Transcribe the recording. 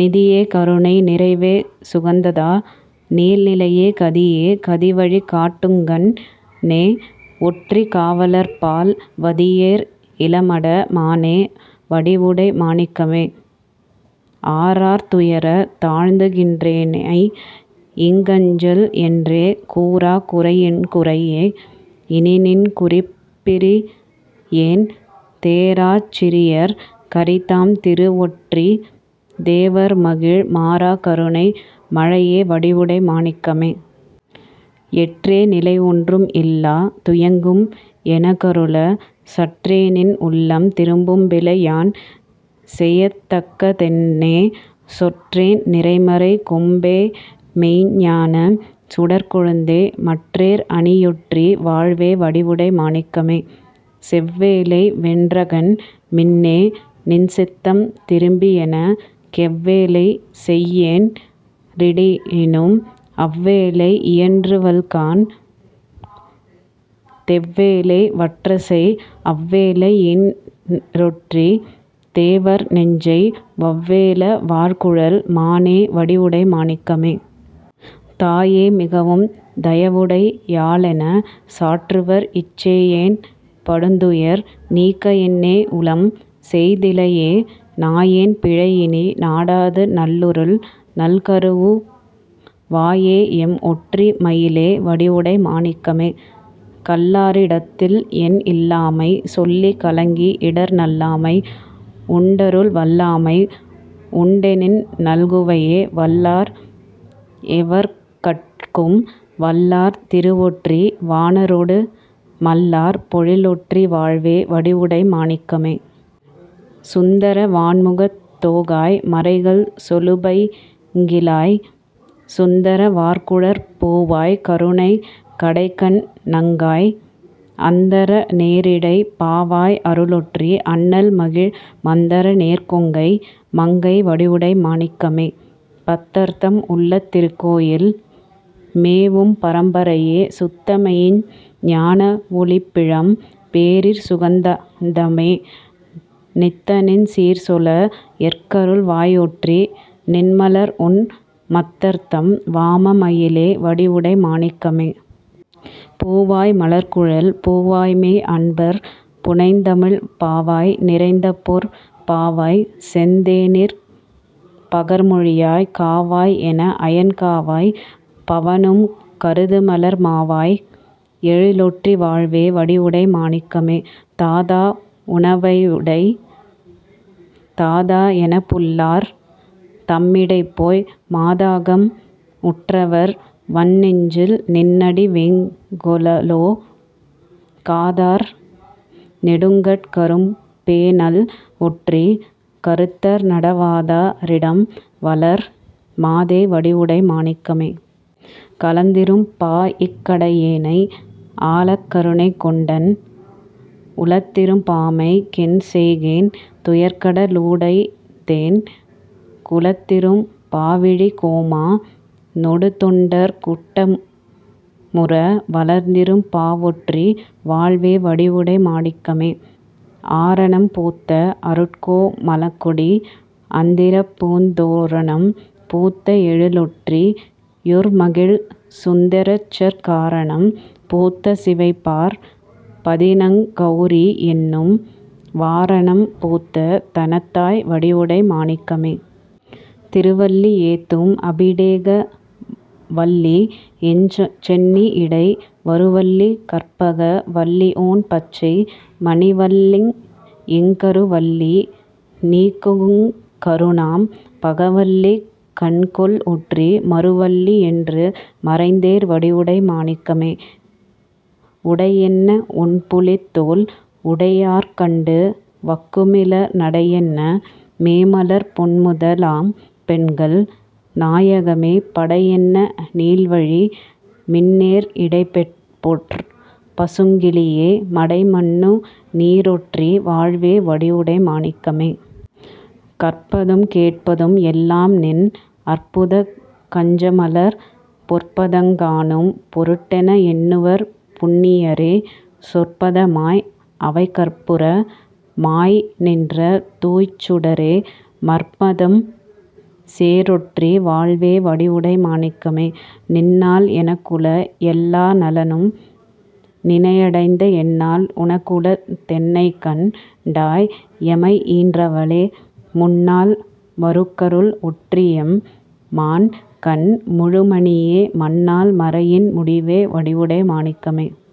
நிதியே கருணை நிறைவே சுகாநந்த நீள்நிலையே கதியே கதிவழி காட்டுங்கண் ணேஒற்றிக் காவலர்பால் வதியேர் இளமட மானே வடிவுடை மாணிக்கமே. ஆறாத் துயரத் தழுந்துகின்றேனைஇங் கஞ்சல்என்றே கூறாக் குறைஎன்குறையே இனிநின் குறிப்பறியேன் தேறாச் சிறியர்க் கரிதாம் திருவொற்றித் தேவர்மகிழ் மாறாக் கருணை மழையே வடிவுடை மாணிக்கமே. எற்றே நிலைஒன்றும் இல்லா துயங்கும் எனக்கருளச் சற்றேநின் உள்ளம் திரும்பிலை யான்செயத் தக்கதென்னே சொற்றேன் நிறைமறைக் கொம்பேமெய்ஞ் ஞானச் சுடர்க்கொழுந்தே மற்றேர் அணியொற்றி வாழ்வே வடிவுடை மாணிக்கமே. செவ்வேலை வென்றகண் மின்னே நின்சித்தம் திரும்பியெனக் கெவ்வேலை செய்யேன் றிடினும் அவ்வேலை இயற்றுவல்காண் தெவ்வேலை வற்றச்செய் அவ்வேளை யீன்றொற்றித் தேவர்நெஞ்சை வவ்வேல வார்குழல் மானே வடிவுடை மாணிக்கமே. தாயே மிகவும் தயவுடை யாள்எனச் சாற்றுவர்இச் சேயேன் படுந்துயர் நீக்கஎன்னேஉளம் செய்திலையே நாயேன் பிழைஇனி நாடாது நல்லருள் நல்கவரு வாயேஎம் ஒற்றி மயிலே வடிவுடை மாணிக்கமே. கல்லாரிடத்தில்என் இல்லாமை சொல்லிக் கலங்கிஇடர் நல்லாண்மை உண்டருள் வல்லாண்மை உண்டெனின் நல்குவையே வல்லார் எவர்கட்கும் வல்லார் திருவொற்றி வாணரொடு மல்லார் பொழில்ஒற்றி வாழ்வே வடிவுடை மாணிக்கமே. சுந்தர வாண்முகத் தோகாய் மறைகள் சொலுபைங்கிள்ளாய் சுந்தர வார்குழற் பூவாய் கருணைக் கடைக்கண்நங்காய் அந்தர நேரிடைப் பாவாய் அருள்ஒற்றி அண்ணல்மகிழ் மந்தர நேர்கொங்கை மங்கை வடிவுடை மாணிக்கமே. பத்தர்தம் உள்ளத் திருக்கோயில் மேவும் பரம்பரையே சுத்தமெய்ஞ் ஞானவொளிப்பிழம் பேசிற் சுகாநந்தமே நித்தநின் சீர்சொல எற்கருள் வாய்ஒற்றி நின்மலர்உன் மத்தர்தம் வாம மயிலே வடிவுடை மாணிக்கமே. பூவாய் மலர்க்குழல் பூவாய்மெய் அன்பர் புனைந்ததமிழ்ப் பாவாய் நிறைந்தபொற் பாவாய்செந் தேனிற் பகர்மொழியாய் காவாய் எனஅயன்காவாய் பவனும் கருதுமலர் மாவாய் எழில்ஒற்றி வாழ்வே வடிவுடை மாணிக்கமே. தாதா உணவுடை தாதா எனப்புல்லர் தம்மிடைப்போய் மாதாகம் உற்றவர் வன்நெஞ்சில் நின்அடி வைகுங்கொலோ காதார் நெடுங்கட் கரும்பேநல் ஒற்றிக் கருத்தர்நட வாதா ரிடம்வளர் மாதே வடிவுடை மாணிக்கமே. களந்திரும் பாஇக் கடையேனை ஆளக்கருணைகொண்டுன் உளத்திரும் பாமைக் கென் செய்கேன் துயர்க்கட லூடலைந்தேன் குளத்திரும் பாவிழிக் கோமா னொடுந்தொண்டர் கூட்டமுற வளந்திரும் பாவொற்றி வாழ்வே வடிவுடை மாணிக்கமே. ஆரணம் பூத்த அருட்கோ மளக்கொடி அந்தரிபூந் தோரணம் பூத்த எழில்ஒற்றி யுர்மகிழ் சுந்தரிசற் காரணம் பூத்த சிவைப்பார்ப் பதிநங் கெளரிஎன்னும் வாரணம் பூத்த தனத்தாய் வடிவுடை மாணிக்கமே. திருவல்லி ஏத்தும் அபிடேக வல்லிஎஞ் சென்னியிடை வருவல்லி கற்பக வல்லிஒண் பச்சை மணிவல்லிஎங் கருவல்லி நீக்குங் கருணாம் பகவல்லி கண்கொள்ஒற்றி மருவல்லி யென்று மறைதேர் வடிவுடை மாணிக்கமே. உடையென்ன ஒண்புலித் தோல்உடை யார்கண்டுவக்குமிள நடையென்ன மேமலர்ப் பொன்முத லாம்பெண்கள் நாயகமே படையென்ன நீள்விழி மின்னேர் இடைப் பொற் பசுங்கிளியே மடைமன்னு நீரொற்றி வாழ்வே வடிவுடை மாணிக்கமே. கற்பதும் கேட்பதும் எல்லாம்நின் அற்புதக் கஞ்சமலர்ப் பொற்பதங் காணும் பொருட்டென எண்ணுவர் புண்ணியரே சொற்பத மாய் அவைக் கப்புற மாய்நின்ற தூய்ச் சுடரே மற்பதம் சேரொற்றி வாழ்வே வடிவுடை மாணிக்கமே. நின்னால் எனக்குள எல்லா நலனும் நினைஅடைந்த என்னால் உனக்குள தென்னைகண் டாய்எமை ஈன்றவளே முன்நால் வருக்கருள் ஒற்றிஎம் மான்கண் முழுமணியே மன்னால் மறையின் முடிவே வடிவுடை மாணிக்கமே.